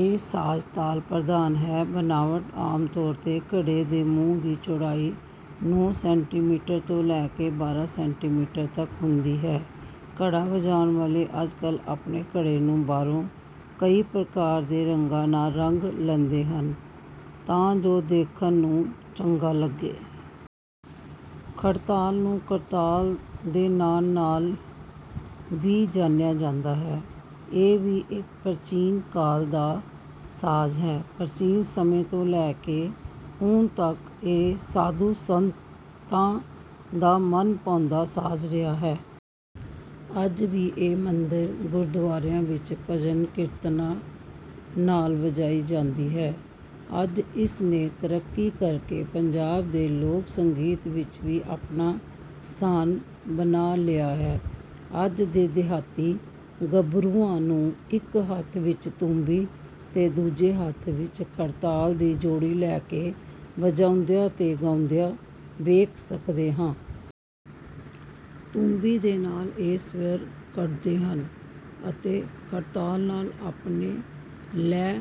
ਇਹ ਸਾਜ਼ ਤਾਲ ਪ੍ਰਧਾਨ ਹੈ। ਬਣਾਵਟ, ਆਮ ਤੌਰ ਤੇ ਘੜੇ ਦੇ ਮੂੰਹ ਦੀ ਚੌੜਾਈ ਨੌ ਸੈਂਟੀਮੀਟਰ ਤੋਂ ਲੈ ਕੇ ਬਾਰਾਂ ਸੈਂਟੀਮੀਟਰ ਤਕ ਹੁੰਦੀ ਹੈ। ਘੜਾ ਵਜਾਉਣ ਵਾਲੇ ਅੱਜ ਕਲ੍ਹ ਆਪਣੇ ਘੜੇ ਨੂੰ ਬਾਹਰੋਂ ਕਈ ਪ੍ਰਕਾਰ ਦੇ ਰੰਗਾਂ ਨਾਲ ਰੰਗ ਲੈਂਦੇ ਹਨ ਤਾਂ ਜੋ ਵੇਖਣ ਨੂੰ ਚੰਗਾਂ ਲੱਗੇ। ਖੜਤਾਲ ਨੂੰ ਕਰਤਾਲ ਦੇ ਨਾਂ ਨਾਲ ਵੀ ਜਾਣਿਆ ਜਾਂਦਾ ਹੈ। ਇਹ ਵੀ ਇੱਕ ਪ੍ਰਾਚੀਨ ਕਾਲ ਦਾ ਸਾਜ਼ ਹੈ। ਪ੍ਰਾਚੀਨ ਸਮੇਂ ਤੋਂ ਲੈ ਕੇ ਹੁਣ ਤਕ ਇਹ ਸਾਧੂ ਸੰਤਾਂ ਦਾ ਮਨ ਭਾਉਂਦਾ ਸਾਜ਼ ਰਿਹਾ ਹੈ। ਅੱਜ ਵੀ ਇਹ ਮੰਦਰ, ਗੁਰਦੁਆਰਿਆਂ ਵਿੱਚ ਭਜਨ, ਕੀਰਤਨਾਂ ਨਾਲ ਵਜਾਈ ਜਾਂਦੀ ਹੈ। ਅੱਜ ਇਸ ਨੇ ਤਰੱਕੀ ਕਰ ਕੇ ਪੰਜਾਬ ਦੇ ਲੋਕ ਸੰਗੀਤ ਵਿੱਚ ਵੀ ਆਪਣਾ ਸਥਾਨ ਬਣਾ ਲਿਆ ਹੈ। ਅੱਜ ਦੇ ਦਿਹਾਤੀ ਗੱਭਰੂਆਂ ਨੂੰ, ਇੱਕ ਹੱਥ ਵਿੱਚ ਤੂੰਬੀ ਤੇ ਦੂਜੇ ਹੱਥ ਵਿੱਚ ਖੜਤਾਲ ਦੀ ਜੋੜੀ ਲੈ ਕੇ ਵਜਾਉਂਦਿਆਂ ਤੇ ਗਾਉਂਦਿਆਂ ਵੇਖ ਸਕਦੇ ਹਾਂ। ਤੂੰਬੀ ਦੇ ਨਾਲ ਇਹ ਸੁਰ ਕੱਢਦੇ ਹਨ ਅਤੇ ਖੜਤਾਲ ਨਾਲ ਆਪਣੀ ਲੈਅ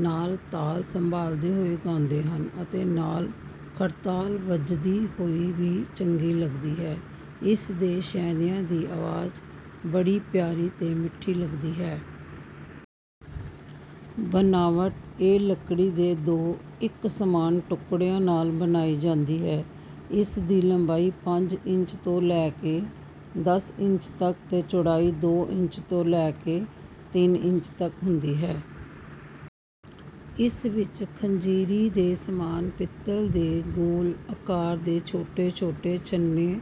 ਨਾਲ ਤਾਲ ਸੰਭਾਲਦੇ ਹੋਏ ਗਾਉਂਦੇ ਹਨ ਅਤੇ ਨਾਲ ਖੜਤਾਲ ਵੱਜਦੀ ਹੋਈ ਵੀ ਚੰਗੀ ਲਗਦੀ ਹੈ। ਇਸ ਦੇ ਛੈਣਿਆਂ ਦੀ ਆਵਾਜ਼ ਬੜੀ ਪਿਆਰੀ ਤੇ ਮਿੱਠੀ ਲੱਗਦੀ ਹੈ। ਬਣਾਵਟ, ਇਹ ਲੱਕੜੀ ਦੇ ਦੋ, ਇੱਕ ਸਮਾਨ ਟੁਕੜਿਆਂ ਨਾਲ ਬਣਾਈ ਜਾਂਦੀ ਹੈ। ਇਸ ਦੀ ਲੰਬਾਈ ਪੰਜ ਇੰਚ ਤੋਂ ਲੈ ਕੇ ਦਸ ਇੰਚ ਤਕ ਅਤੇ ਚੌੜਾਈ ਦੋ ਇੰਚ ਤੋਂ ਲੈ ਕੇ ਤਿੰਨ ਇੰਚ ਤਕ ਹੁੰਦੀ ਹੈ। ਇਸ ਵਿੱਚ ਖੰਜਰੀ ਦੇ ਸਮਾਨ ਪਿੱਤਲ ਦੇ ਗੋਲ ਆਕਾਰ ਦੇ ਛੋਟੇ-ਛੋਟੇ ਛੈਣੇ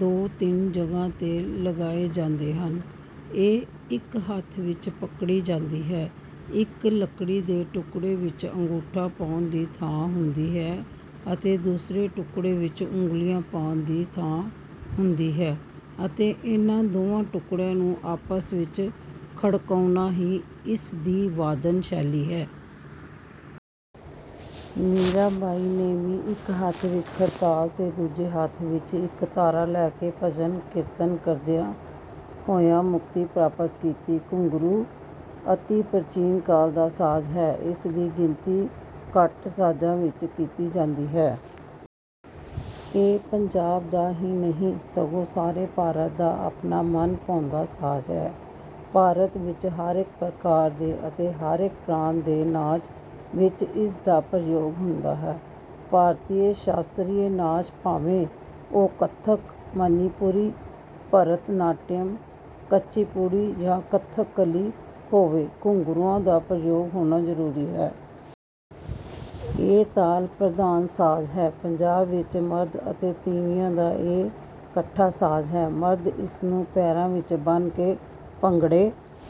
ਦੋ ਤਿੰਨ ਜਗ੍ਹਾ ਤੇ ਲਗਾਏ ਜਾਂਦੇ ਹਨ। ਇਹ ਇਕੋ ਹੱਥ ਵਿੱਚ ਪਕੜੀ ਜਾਂਦੀ ਹੈ। ਇੱਕ ਲਕੜੀ ਦੇ ਟੁਕੜੇ ਵਿੱਚ ਅੰਗੂਠਾ ਪਾਉਣ ਦੀ ਥਾਂ ਹੁੰਦੀ ਹੈ ਅਤੇ ਦੂਸਰੇ ਟੁਕੜੇ ਵਿੱਚ ਉਂਗਲੀਆਂ ਪਾਉਣ ਦੀ ਥਾਂ ਹੁੰਦੀ ਹੈ ਅਤੇ ਇਨ੍ਹਾਂ ਦੋਹਾਂ ਟੁਕੜਿਆਂ ਨੂੰ ਆਪਸ ਵਿੱਚ ਖੜਕਾਉਣਾ ਹੀ ਇਸ ਦੀ ਵਾਦਨ ਸ਼ੈਲੀ ਹੈ। ਮੀਰਾ ਬਾਈ ਨੇ ਵੀ ਇੱਕ ਹੱਥ ਵਿੱਚ ਖੜਤਾਲ ਤੇ ਦੂਜੇ ਹੱਥ ਵਿੱਚ ਇੱਕ ਤਾਰਾ ਲੇ ਕੇ ਭਜਨ, ਕੀਰਤਨ ਕਰਦਿਆਂ ਹੋਇਆਂ ਮੁਕਤੀ ਪ੍ਰਾਪਤ ਕੀਤੀ| ਘੁੰਘਰੂ ਅਤਿ ਪ੍ਰਾਚੀਨ ਕਾਲ ਦਾ ਸਾਜ਼ ਹੈ। ਇਸ ਦੀ ਗਿਣਤੀ ਘਟ ਸਾਜ਼ਾਂ ਵਿੱਚ ਕੀਤੀ ਜਾਂਦੀ ਹੈ। ਇਹ ਪੰਜਾਬ ਦਾ ਹੀ ਨਹੀਂ ਸਗੋਂ ਸਾਰੇ ਭਾਰਤ ਦਾ ਆਪਣਾ ਮਨ ਭਾਉਂਦਾ ਸਾਜ਼ ਹੈ। ਭਾਰਤ ਵਿੱਚ ਹਰੇਕ ਪ੍ਰਕਾਰ ਦੇ ਅਤੇ ਹਰੇਕ ਪ੍ਰਾਂਤ ਦੇ ਨਾਚ ਵਿੱਚ ਇਸ ਦਾ ਪ੍ਰਯੋਗ ਹੁੰਦਾ ਹੈ। ਭਾਰਤੀ ਸ਼ਾਸਤਰੀ ਨਾਚ ਭਾਵੇਂ ਉਹ ਕਥਕ, ਮਣੀਪੁਰੀ, ਭਰਤ ਨਾਟਯਮ, ਕੁਚੀ ਪੂੜੀ ਜਾਂ ਕਥਾ ਕਲੀ ਹੋਵੇ, ਘੁੰਘਰੂਆਂ ਦਾ ਪ੍ਰਯੋਗ ਹੋਣਾ ਜ਼ਰੂਰੀ ਹੈ। ਇਹ ਤਾਲ ਪ੍ਰਧਾਨ ਸਾਜ਼ ਹੈ। ਪੰਜਾਬ ਵਿੱਚ ਮਰਦ ਅਤੇ ਤੀਵੀਆਂ ਦਾ ਇਹ ਇਕੱਠਾ ਸਾਜ਼ ਹੈ। ਮਰਦ ਇਸ ਨੂੰ ਪੈਰਾਂ ਵਿੱਚ ਬੰਨ੍ਹ ਕੇ ਭੰਗੜੇ